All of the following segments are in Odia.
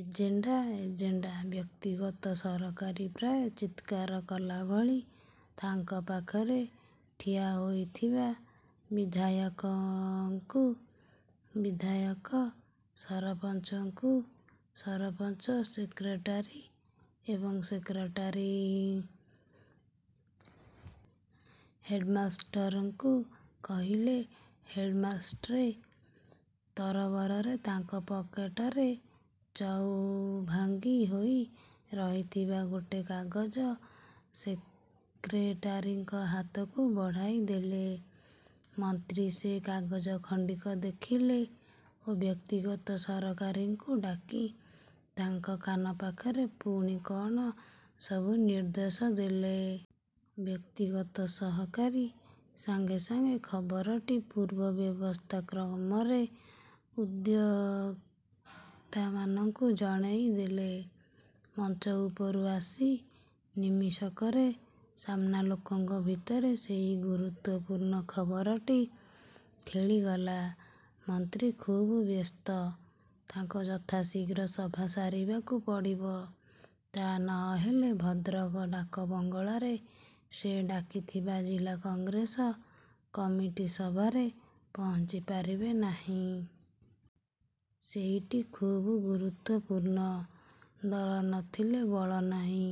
Agenda, agenda! ବ୍ୟକ୍ତିଗତ ସହକାରୀ ପ୍ରାୟ ଚିତ୍କାର କଲାଭଳି ତାଙ୍କ ପାଖରେ ଠିଆ ହୋଇଥିବା ବିଧାୟକଙ୍କୁ, ବିଧାୟକ ସରପଞ୍ଚଙ୍କୁ, ସରପଞ୍ଚ ସେକ୍ରେଟାରୀ ଏବଂ ସେକ୍ରେଟାରୀ ହେଡ୍ମାଷ୍ଟ୍ରଙ୍କୁ କହିଲେ। ହେଡ୍ମାଷ୍ଟ୍ରେ ତରବରରେ ତାଙ୍କ ପକେଟରେ ଚଉଭାଙ୍ଗି ହୋଇ ରହିଥିବା ଗୋଟେ କାଗଜ ସେକ୍ରେଟାରୀଙ୍କ ହାତକୁ ବଢ଼ାଇଦେଲେ। ମନ୍ତ୍ରୀ ସେ କାଗଜ ଖଣ୍ଡିକ ଦେଖିଲେ ଓ ବ୍ୟକ୍ତିଗତ ସହକାରୀଙ୍କୁ ଡାକି ତାଙ୍କ କାନ ପାଖେ ପୁଣି କଣ ସବୁ ନିର୍ଦ୍ଦେଶ ଦେଲେ। ବ୍ୟକ୍ତିଗତ ସହକାରୀ ସାଙ୍ଗେ ସାଙ୍ଗେ ଖବରଟି ପୂର୍ବ ବ୍ୟବସ୍ଥା କ୍ରମରେ ଉଦ୍ୟୋକ୍ତାମାନଙ୍କୁ ଜଣେଇ ଦେଲେ। ମଞ୍ଚ ଉପରୁ ଆସି ନିମିଷକରେ ସାମ୍ନା ଲୋକଙ୍କ ଭିତରେ ସେଇ ଗୁରୁତ୍ୱପୂର୍ଣ୍ଣ ଖବରଟି ଖେଳିଗଲା। 'ମନ୍ତ୍ରୀ ଖୁବ୍ ବ୍ୟସ୍ତ। ତାଙ୍କୁ ଯଥାଶୀଘ୍ର ସଭା ସାରିବାକୁ ପଡ଼ିବ। ତା ନହେଲେ ଭଦ୍ରକ ଡାକବଙ୍ଗଳାରେ ସେ ଡାକିଥିବା ଜିଲ୍ଲା କଂଗ୍ରେସ କମିଟି ସଭାରେ ପହଞ୍ଚିପାରିବେ ନାହିଁ। ସେଇଟି ଖୁବ୍ ଗୁରୁତ୍ୱପୂର୍ଣ୍ଣ। ଦଳ ନଥିଲେ ବଳ ନାହିଁ।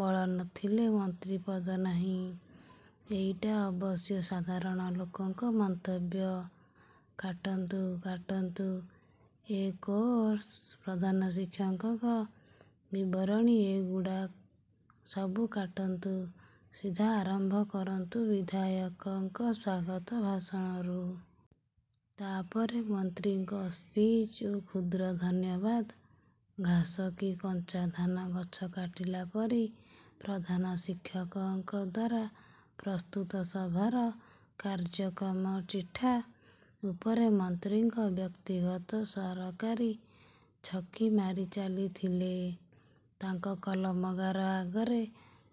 ବଳ ନଥିଲେ ମନ୍ତ୍ରୀ ପଦ ନାହିଁ। ' ଏଇଟା ଅବଶ୍ୟ ସାଧାରଣ ଲୋକଙ୍କ ମନ୍ତବ୍ୟ।: କାଟନ୍ତୁ, କାଟନ୍ତୁ। ଏ କୋରସ୍, ପ୍ରଧାନ ଶିକ୍ଷକଙ୍କ ବିବରଣୀ, ଏଗୁଡ଼ା ସବୁ କାଟନ୍ତୁ। ସିଧା ଆରମ୍ଭ କରନ୍ତୁ ବିଧାୟକଙ୍କ ସ୍ୱାଗତ ଭାଷଣରୁ। ତାପରେ ମନ୍ତ୍ରୀଙ୍କ ସ୍ପିଚ୍ ଓ କ୍ଷୁଦ୍ର ଧନ୍ୟବାଦ -। ଘାସ କି କଞ୍ଚା ଧାନ ଗଛ କାଟିଲା ପରି ପ୍ରଧାନ ଶିକ୍ଷକଙ୍କ ଦ୍ୱାରା ପ୍ରସ୍ତୁତ ସଭାର କାର୍ୟ୍ୟକ୍ରମ ଚିଠା ଉପରେ ମନ୍ତ୍ରୀଙ୍କ ବ୍ୟକ୍ତିଗତ ସହକାରୀ ଛକି ମାରି ଚାଲିଥିଲେ। ତାଙ୍କ କଲମ ଗାର ଆଗରେ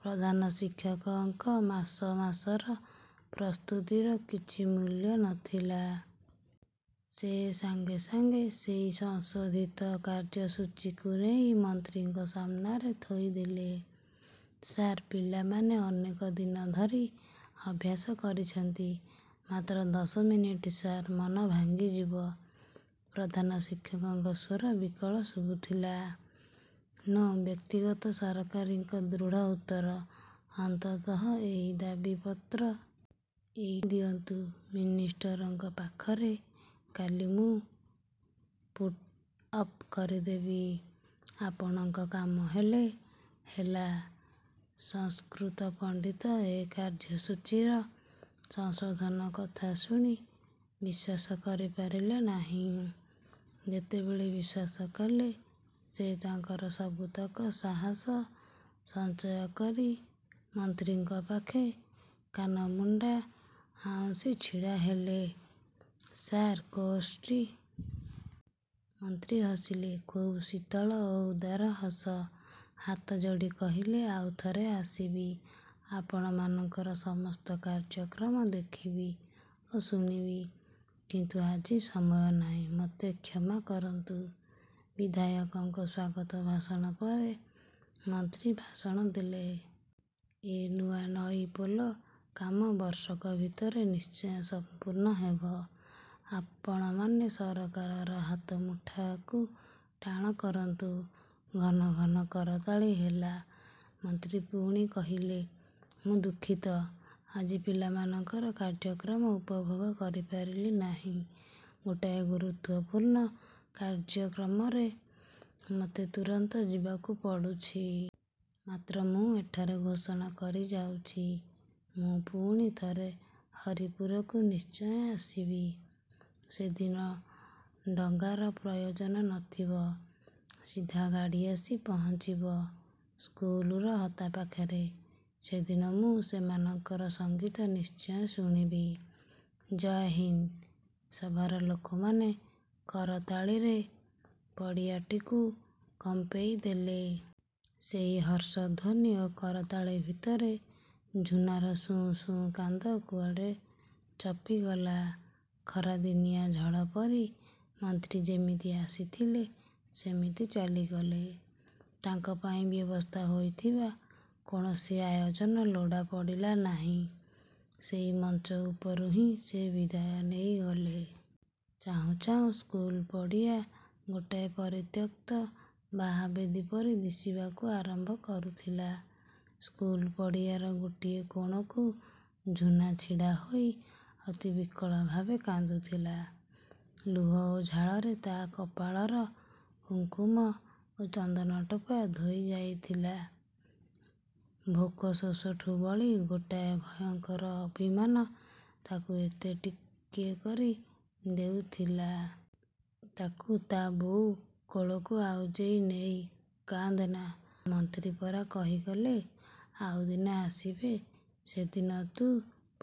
ପ୍ରଧାନ ଶିକ୍ଷକଙ୍କ ମାସ ମାସର ପ୍ରସ୍ତୁତିର କିଛି ମୂଲ୍ୟ ନଥିଲା। ସେ ସାଙ୍ଗେ ସାଙ୍ଗେ ସେଇ ସଂଶୋଧିତ କାର୍ଯ୍ୟସୂଚୀକୁ ନେଇ ମନ୍ତ୍ରୀଙ୍କ ସାମ୍ନାରେ ଥୋଇଦେଲେ।: ସାର୍! ପିଲାମାନେ ଅନେକ ଦିନ ଧରି ଅଭ୍ୟାସ କରିଛନ୍ତି। ମାତ୍ର ଦଶ ମିନିଟ୍ ସାର୍। ମନ ଭାଙ୍ଗିଯିବ। ପ୍ରଧାନ ଶିକ୍ଷକଙ୍କ ସ୍ୱର ବିକଳ ଶୁଭୁଥିଲା।: ନୋ-ବ୍ୟକ୍ତିଗତ ସହକାରୀଙ୍କ ଦୃଢ଼ ଉତ୍ତର।: ଅନ୍ତତଃ ଏଇ ଦାବି ପତ୍ର: ଏଇଟି ମତେ ଦିଅନ୍ତୁ। ମିନିଷ୍ଟରଙ୍କ ପାଖରେ କାଲି ମୁଁ ପୁଟ୍ଅପ୍ କରିଦେବି। ଆପଣଙ୍କ କାମ ହେଲେ ହେଲା। ସଂସ୍କୃତ ପଣ୍ଡିତ ଏ କାର୍ୟ୍ୟସୂଚୀର ସଂଶୋଧନ କଥା ଶୁଣି ବିଶ୍ୱାସ କରିପାରିଲେ ନାହିଁ। ଯେତେବେଳେ ବିଶ୍ୱାସ କଲେ ସେ ତାଙ୍କର ସବୁତକ ସାହସ ସଞ୍ଚୟ କରି ମନ୍ତ୍ରୀଙ୍କ ପାଖେ କାନମୁଣ୍ଡା ଆଉଁଶି ଛିଡ଼ାହେଲେ, "ସାର୍, କୋରସ୍ଟି। " ମନ୍ତ୍ରୀ ହସିଲେ। ଖୁବ୍ ଶୀତଳ ଓ ଉଦାର ହସ। ହାତ ଯୋଡ଼ି କହିଲେ, "ଆଉ ଥରେ ଆସିବି। ଆପଣମାନଙ୍କର ସମସ୍ତ କାର୍ୟ୍ୟକ୍ରମ ଦେଖିବି ଓ ଶୁଣିବି। କିନ୍ତୁ ଆଜି ସମୟ ନାହିଁ। ମୋତେ କ୍ଷମା କରନ୍ତୁ। " ବିଧାୟକଙ୍କ ସ୍ୱାଗତ ଭାଷଣ ପରେ ମନ୍ତ୍ରୀ ଭାଷଣ ଦେଲେ। "ଏ ନୂଆନଈ ପୋଲ କାମ ବର୍ଷକ ଭିତରେ ନିଶ୍ଚୟ ସମ୍ପୂର୍ଣ୍ଣ ହେବ। ଆପଣମାନେ ସରକାରର ହାତମୁଠାକୁ ଟାଣ କରନ୍ତୁ-। " ଘନ ଘନ କରତାଳି ହେଲା। ମନ୍ତ୍ରୀ ପୁଣି କହିଲେ, "ମୁଁ ଦୁଃଖିତ, ଆଜି ପିଲାମାନଙ୍କର କାର୍ୟ୍ୟକ୍ରମ ଉପଭୋଗ କରିପାରିଲି ନାହିଁ। ଗୋଟାଏ ଗୁରୁତ୍ୱପୂର୍ଣ୍ଣ କାର୍ୟ୍ୟକ୍ରମରେ ମୋତେ ତୁରନ୍ତ ଯିବାକୁ ପଡ଼ୁଛି। ମାତ୍ର ମୁଁ ଏଠାରେ ଘୋଷଣା କରି ଯାଉଛି, ମୁଁ ପୁଣି ଥରେ ହରିପୁରକୁ ନିଶ୍ଚୟ ଆସିବି। ସେଦିନ ଡଙ୍ଗାର ପ୍ରୟୋଜନ ନଥିବ, ସିଧା ଗାଡ଼ି ଆସି ପହଞ୍ଚିବ ସ୍କୁଲର ହତା ପାଖରେ-। ସେଦିନ ମୁଁ ସେମାନଙ୍କର ସଂଗୀତ ନିଶ୍ଚୟ ଶୁଣିବି। ଜୟ ହିନ୍ଦ୍। " ସଭାର ଲୋକମାନେ କରତାଳିରେ ପଡ଼ିଆଟିକୁ କମ୍ପେଇଦେଲେ। ସେଇ ହର୍ଷଧ୍ୱନି ଓ କରତାଳି ଭିତରେ ଝୁନାର ସୁଁ ସୁଁ କାନ୍ଦ କୁଆଡ଼େ ଚପିଗଲା। ଖରାଦିନିଆ ଝଡ଼ ପରି ମନ୍ତ୍ରୀ ଯେମିତି ଆସିଥିଲେ ସେମିତି ଚାଲିଗଲେ। ତାଙ୍କ ପାଇଁ ବ୍ୟବସ୍ଥା ହୋଇଥିବା କୌଣସି ଆୟୋଜନ ଲୋଡ଼ା ପଡ଼ିଲା ନାହିଁ। ସେଇ ମଞ୍ଚ ଉପରୁ ହିଁ ସେ ବିଦାୟ ନେଇ ଗଲେ। ଚାହୁଁ ଚାହୁଁ ସ୍କୁଲ ପଡ଼ିଆ ଗୋଟାଏ ପରିତ୍ୟକ୍ତ ବାହା ବେଦୀ ପରି ଦିଶିବାକୁ ଆରମ୍ଭ କରୁଥିଲା। ସ୍କୁଲ ପଡ଼ିଆର ଗୋଟିଏ କୋଣକୁ ଝୁନା ଛିଡ଼ାହୋଇ ଅତି ବିକଳ ଭାବେ କାନ୍ଦୁଥିଲା। ଲୁହ ଓ ଝାଳରେ ତା କପାଳର କୁଙ୍କୁମ ଓ ଚନ୍ଦନଟୋପା ଧୋଇଯାଇଥିଲା। ଭୋକ ଶୋଷଠୁ ବଳି ଗୋଟାଏ ଭୟଙ୍କର ଅଭିମାନ ତାକୁ ଏତେ ଟିକେ କରି ଦେଉଥିଲା। ତାକୁ ତା ବୋଉ କୋଳକୁ ଆଉଜେଇ ନେଇ 'କାନ୍ଦନା ମା, ମନ୍ତ୍ରୀ ପରା କହିଗଲେ ଆଉ ଦିନେ ଆସିବେ, ସେଦିନ ତୁ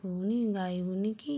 ପୁଣି ଗାଇବୁନି କି!